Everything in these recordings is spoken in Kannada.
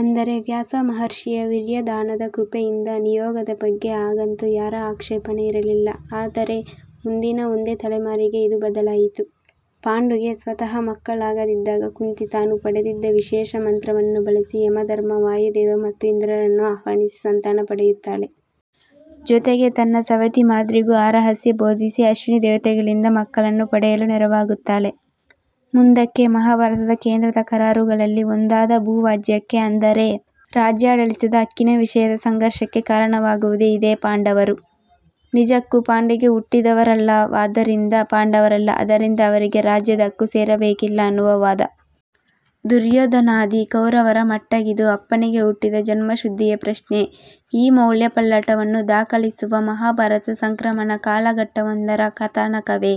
ಅಂದರೆ ವ್ಯಾಸ ಮಹರ್ಷಿಯ ವೀರ್ಯದಾನದ ಕೃಪೆಯಿಂದ. ನಿಯೋಗದ ಬಗ್ಗೆ ಆಗಂತೂ ಯಾರ ಆಕ್ಷೇಪಣೆ ಇರಲಿಲ್ಲ. ಆದರೆ, ಮುಂದಿನ ಒಂದೇ ತಲೆಮಾರಿಗೆ ಇದು ಬದಲಾಯಿತು. ಪಾಂಡುಗೆ ಸ್ವತಃ ಮಕ್ಕಳಾಗದಿದ್ದಾಗ ಕುಂತಿ ತಾನು ಪಡೆದಿದ್ದ ವಿಶೇಷ ಮಂತ್ರವನ್ನು ಬಳಸಿ ಯಮಧರ್ಮ, ವಾಯುದೇವ ಮತ್ತು ಇಂದ್ರರನ್ನು ಆಹ್ವಾನಿಸಿ ಸಂತಾನ ಪಡೆಯುತ್ತಾಳೆ. ಜೊತೆಗೆ ತನ್ನ ಸವತಿ ಮಾದ್ರಿಗೂ ಆ ರಹಸ್ಯ ಬೋಧಿಸಿ ಅಶ್ವಿನಿ ದೇವತೆಗಳಿಂದ ಮಕ್ಕಳನ್ನು ಪಡೆಯಲು ನೆರವಾಗುತ್ತಾಳೆ. ಮುಂದಕ್ಕೆ ಮಹಾಭಾರತದ ಕೇಂದ್ರ ತಕರಾರುಗಳಲ್ಲಿ ಒಂದಾದ ಭೂ ವ್ಯಾಜ್ಯಕ್ಕೆ- ಅಂದರೆ ರಾಜ್ಯಾಡಳಿತದ ಹಕ್ಕಿನ ವಿಷಯದ ಸಂಘರ್ಷಕ್ಕೆ ಕಾರಣವಾಗುವುದು ಇದೇ- ಪಾಂಡವರು ನಿಜಕ್ಕೂ ಪಾಂಡುಗೆ ಹುಟ್ಟಿದವರಲ್ಲವಾದ್ದರಿಂದ ಪಾಂಡವರಲ್ಲ. ಆದ್ದರಿಂದ ಅವರಿಗೆ ರಾಜ್ಯದ ಹಕ್ಕು ಸೇರಬೇಕಿಲ್ಲ ಅನ್ನುವ ವಾದ. ದುರ್ಯೊಧನಾದಿ ಕೌರವರ ಮಟ್ಟಿಗಿದು ಅಪ್ಪನಿಗೆ ಹುಟ್ಟಿದ ಜನ್ಮಶುದ್ಧಿಯ ಪ್ರಶ್ನೆ. ಈ ಮೌಲ್ಯಪಲ್ಲಟವನ್ನು ದಾಖಲಿಸುವ ಮಹಾಭಾರತ- ಸಂಕ್ರಮಣ ಕಾಲಘಟ್ಟವೊಂದರ ಕಥಾನಕವೇ?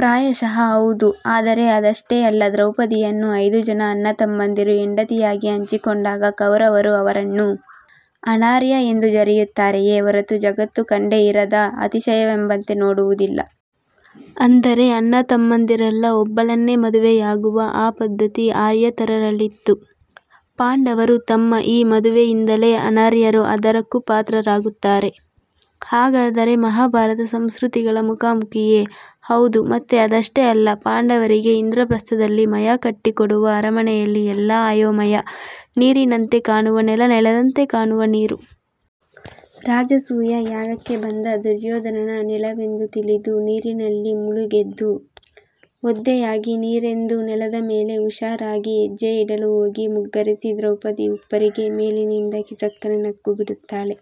ಪ್ರಾಯಶಃ ಹೌದು ಆದರೆ ಅದಷ್ಟೇ ಅಲ್ಲ. ದ್ರೌಪದಿ ಯನ್ನು ಐದೂ ಜನ ಅಣ್ಣ ತಮ್ಮಂದಿರು ಹೆಂಡತಿಯಾಗಿ ಹಂಚಿಕೊಂಡಾಗ ಕೌರವರು ಅವರನ್ನು ಅನಾರ್ಯ ಎಂದು ಜರೆಯುತ್ತಾರೆಯೇ ಹೊರತು, ಜಗತ್ತು ಕಂಡೇ ಇರದ ಅತಿಶಯವೆಂಬಂತೆ ನೋಡುವುದಿಲ್ಲ. ಅಂದರೆ ಅಣ್ಣತಮ್ಮಂದಿರೆಲ್ಲ ಒಬ್ಬಳನ್ನೇ ಮದುವೆಯಾಗುವ ಆ ಪದ್ಧತಿ ಆರ್ಯೇತರರಲ್ಲಿತ್ತು. ಪಾಂಡವರು ತಮ್ಮ ಈ ಮದುವೆಯಿಂದಲೇ ಅನಾರ್ಯರ ಆದರಕ್ಕೂ ಪಾತ್ರರಾಗುತ್ತಾರೆ. ಹಾಗಾದರೆ ಮಹಾಭಾರತ- ಸಂಸ್ಕೃತಿಗಳ ಮುಖಾಮುಖಿಯೇ? ಹೌದು ಮತ್ತೆ ಅದಷ್ಟೇ ಅಲ್ಲ ಪಾಂಡವರಿಗೆ ಇಂದ್ರಪ್ರಸ್ಥದಲ್ಲಿ ಮಯ ಕಟ್ಟಿಕೊಡುವ ಅರಮನೆಯಲ್ಲಿ ಎಲ್ಲ ಅಯೋಮಯ. ನೀರಿನಂತೆ ಕಾಣುವ ನೆಲ, ನೆಲದಂತೆ ಕಾಣುವ ನೀರು. ರಾಜಸೂಯ ಯಾಗಕ್ಕೆ ಬಂದ ದುರ್ಯೋಧನನ ನೆಲವೆಂದು ತಿಳಿದು ನೀರಿನಲ್ಲಿ ಮುಳುಗೆದ್ದು ಒದ್ದೆಯಾಗಿ ನೀರೆಂದು ನೆಲದ ಮೇಲೆ ಹುಷಾರಾಗಿ ಹೆಜ್ಜೆಯಿಡಲು ಹೋಗಿ ಮುಗ್ಗರಿಸಿ ದ್ರೌಪದಿ ಉಪ್ಪರಿಗೆ ಮೇಲಿನಿಂದ ಕಿಸಕ್ಕನೆ ನಕ್ಕುಬಿಡುತ್ತಾಳೆ.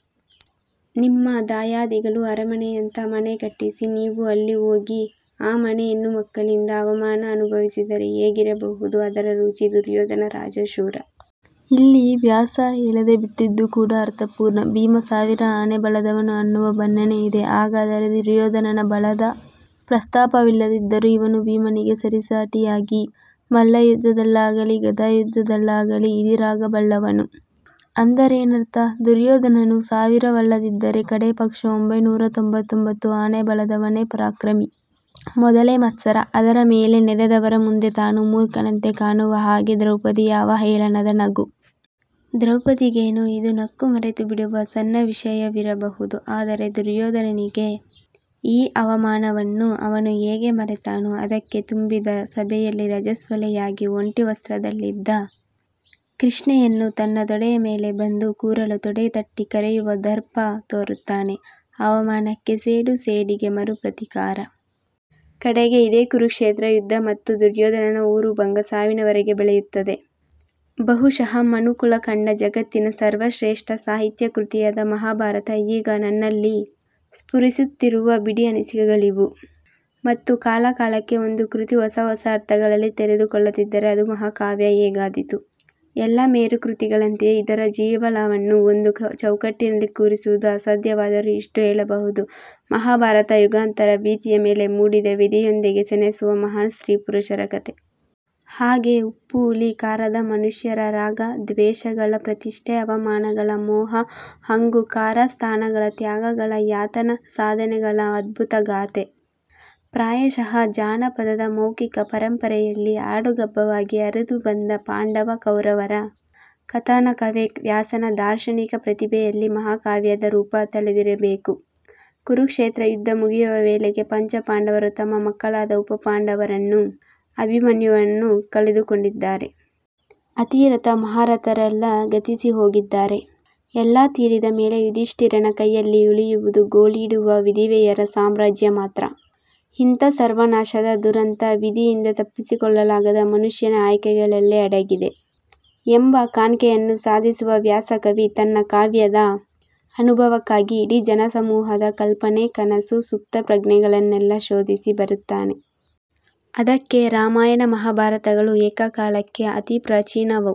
ನಿಮ್ಮ ದಾಯಾದಿಗಳು ಅರಮನೆಯಂಥ ಮನೆ ಕಟ್ಟಿಸಿ, ನೀವು ಅಲ್ಲಿ ಹೋಗಿ ಆ ಮನೆ ಹೆಣ್ಣುಮಕ್ಕಳಿಂದ ಅವಮಾನ ಅನುಭವಿಸಿದರೆ ಹೇಗಿರಬಹುದು ಅದರ ರುಚಿ ದುರ್ಯೋಧನ ರಾಜ, ಶೂರ. ಇಲ್ಲಿ ವ್ಯಾಸ ಹೇಳದೇ ಬಿಟ್ಟಿದ್ದು ಕೂಡಾ ಅರ್ಥಪೂರ್ಣ. ಭೀಮ ಸಾವಿರ ಆನೆ ಬಲದವನು ಅನ್ನುವ ಬಣ್ಣನೆಯಿದೆ. ಹಾಗಾದರೆ ದುರ್ಯೋಧನನ ಬಲದ ಪ್ರಸ್ತಾಪವಿಲ್ಲದಿದ್ದರೂ- ಇವನು ಭೀಮನಿಗೆ ಸರಿಸಾಟಿಯಾಗಿ ಮಲ್ಲಯುದ್ಧದಲ್ಲಾಗಲೀ ಗಧಾಯುದ್ಧದಲ್ಲಾಗಲೀ ಇದಿರಾಗಬಲ್ಲವನು. ಅಂದರೇನರ್ಥ? ದುರ್ಯೋಧನನೂ ಸಾವಿರವಲ್ಲದಿದ್ದರೆ ಕಡೇ ಪಕ್ಷ ಒಂಭೈನೂರ ತೊಂಭತ್ತೊಂಭತ್ತು ಆನೆ ಬಲದವನೇ ಪರಾಕ್ರಮಿ. ಮೊದಲೇ ಮತ್ಸರ ಅದರ ಮೇಲೆ ನೆರೆದವರ ಮುಂದೆ ತಾನು ಮೂರ್ಖನಂತೆ ಕಾಣುವ ಹಾಗೆ ದ್ರೌಪದಿಯ ಅವಹೇಳನದ ನಗು. ದ್ರೌಪದಿಗೇನೋ ಇದು ನಕ್ಕು ಮರೆತುಬಿಡುವ ಸಣ್ಣ ವಿಷಯವಿರಬಹುದು. ಆದರೆ ದುರ್ಯೋಧನನಿಗೆ? ಈ ಅವಮಾನವನ್ನು ಅವನು ಹೇಗೆ ಮರೆತಾನು? ಅದಕ್ಕೇ ತುಂಬಿದ ಸಭೆಯಲ್ಲಿ ರಜಸ್ವಲೆಯಾಗಿ ಒಂಟಿ ವಸ್ತ್ರದಲ್ಲಿದ್ದ ಕೃಷ್ಣೆಯನ್ನು ತನ್ನ ತೊಡೆಯ ಮೇಲೆ ಬಂದು ಕೂರಲು ತೊಡೆ ತಟ್ಟಿ ಕರೆಯುವ ದರ್ಪ ತೋರುತ್ತಾನೆ. ಅವಮಾನಕ್ಕೆ ಸೇಡು, ಸೇಡಿಗೆ ಮರು ಪ್ರತೀಕಾರ. ಕಡೆಗೆ ಇದೇ ಕುರುಕ್ಷೇತ್ರ ಯುದ್ಧ ಮತ್ತು ದುರೋಧನನ ಊರುಭಂಗ- ಸಾವಿನವರೆಗೆ ಬೆಳೆಯುತ್ತದೆ. ಬಹುಶಃ ಮನುಕುಲ ಕಂಡ ಜಗತ್ತಿನ ಸರ್ವಶ್ರೇಷ್ಠ ಸಾಹಿತ್ಯಕೃತಿಯಾದ ಮಹಾಭಾರತ ಈಗ ನನ್ನಲ್ಲಿ ಸ್ಫುರಿಸುತ್ತಿರುವ ಬಿಡಿ ಅನಿಸಿಕೆಗಳಿವು. ಮತ್ತು ಕಾಲಕಾಲಕ್ಕೆ ಒಂದು ಕೃತಿ ಹೊಸ ಹೊಸ ಅರ್ಥಗಳಲ್ಲಿ ತೆರೆದುಕೊಳ್ಳದಿದ್ದರೆ ಅದು ಮಹಾಕಾವ್ಯ ಹೇಗಾದೀತು? ಎಲ್ಲ ಮೇರು ಕೃತಿಗಳಂತೆಯೇ, ಇದರ ಜೀವಾಳವನ್ನು ಒಂದು ಚೌಕಟ್ಟಿನಲ್ಲಿ ಕೂರಿಸುವುದು ಅಸಾಧ್ಯವಾದರೂ ಇಷ್ಟು ಹೇಳಬಹುದು: ಮಹಾಭಾರತ- ಯುಗಾಂತರದ ಭಿತ್ತಿಯ ಮೇಲೆ ಮೂಡಿದ- ವಿಧಿಯೊಂದಿಗೆ ಸೆಣೆಸುವ ಮಹಾನ್ ಸ್ತ್ರೀ ಪುರುಷರ ಕಥೆ. ಹಾಗೇ- ಉಪ್ಪು ಹುಳಿ ಖಾರದ ಮನುಷ್ಯರ ರಾಗ ದ್ವೇಷಗಳ, ಪ್ರತಿಷ್ಠೆ- ಅವಮಾನಗಳ, ಮೋಹ ಹಂಗು ಕಾರಸ್ಥಾನಗಳ, ತ್ಯಾಗಗಳ, ಯಾತನೆ- ಸಾಧನೆಗಳ ಅದ್ಭುತ ಗಾಥೆ. ಪ್ರಾಯಶಃ ಜಾನಪದದ ಮೌಖಿಕ ಪರಂಪರೆಯಲ್ಲಿ ಹಾಡುಗಬ್ಬವಾಗಿ ಹರಿದುಬಂದ ಪಾಂಡವ, ಕೌರವರ ಕಥಾನಕವೇ ವ್ಯಾಸನ ದಾರ್ಶನಿಕ ಪ್ರತಿಭೆಯಲ್ಲಿ ಮಹಾಕಾವ್ಯದ ರೂಪ ತಳೆದಿರಬೇಕು. ಕುರುಕ್ಷೇತ್ರ ಯುದ್ಧ ಮುಗಿಯುವ ವೇಳೆಗೆ ಪಂಚಪಾಂಡವರು ತಮ್ಮ ಮಕ್ಕಳಾದ ಉಪಪಾಂಡವರನ್ನು, ಅಭಿಮನ್ಯುವನ್ನು ಕಳೆದುಕೊಂಡಿದ್ದಾರೆ. ಅತಿರಥ ಮಹಾರಥರೆಲ್ಲ ಗತಿಸಿಹೋಗಿದ್ದಾರೆ ಎಲ್ಲ ತೀರಿದ ಮೇಲೆ ಯುಧಿಷ್ಠಿರನ ಕೈಯಲ್ಲಿ ಉಳಿಯುವುದು ಗೋಳಿಡುವ ವಿಧವೆಯರ ಸಾಮ್ರಾಜ್ಯ ಮಾತ್ರ. ಇಂಥ ಸರ್ವನಾಶದ ದುರಂತ- 'ವಿಧಿಯಿಂದ ತಪ್ಪಿಸಿಕೊಳ್ಳಲಾಗದ ಮನುಷ್ಯನ ಆಯ್ಕೆಗಳಲ್ಲೇ ಅಡಗಿದೆ' ಎಂಬ ಕಾಣ್ಕೆಯನ್ನು ಸಾಧಿಸುವ ವ್ಯಾಸಕವಿ- ತನ್ನ ಕಾವ್ಯದ ಅನುಭವಕ್ಕಾಗಿ ಇಡೀ ಜನಸಮೂಹದ ಕಲ್ಪನೆ, ಕನಸು, ಸುಪ್ತಪ್ರಜ್ಞೆಗಳನ್ನೆಲ್ಲ ಶೋಧಿಸಿ ಬರುತ್ತಾನೆ. ಅದಕ್ಕೇ ರಾಮಾಯಣ ಮಹಾಭಾರತಗಳು ಏಕಕಾಲಕ್ಕೆ ಅತಿ ಪ್ರಾಚೀನವೂ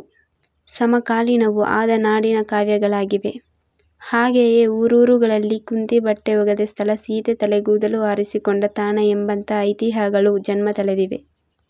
ಸಮಕಾಲೀನವೂ ಆದ ನಾಡಿನ ಕಾವ್ಯಗಳಾಗಿವೆ; ಹಾಗೆಯೇ ಊರೂರುಗಳಲ್ಲಿ ಕುಂತಿ ಬಟ್ಟೆ ಒಗೆದ ಸ್ಥಳ, ಸೀತೆ ತಲೆಗೂದಲು ಆರಿಸಿಕೊಂಡ ತಾಣ ಎಂಬಂಥ ಐತಿಹ್ಯಗಳು ಜನ್ಮ ತಳೆದಿವೆ.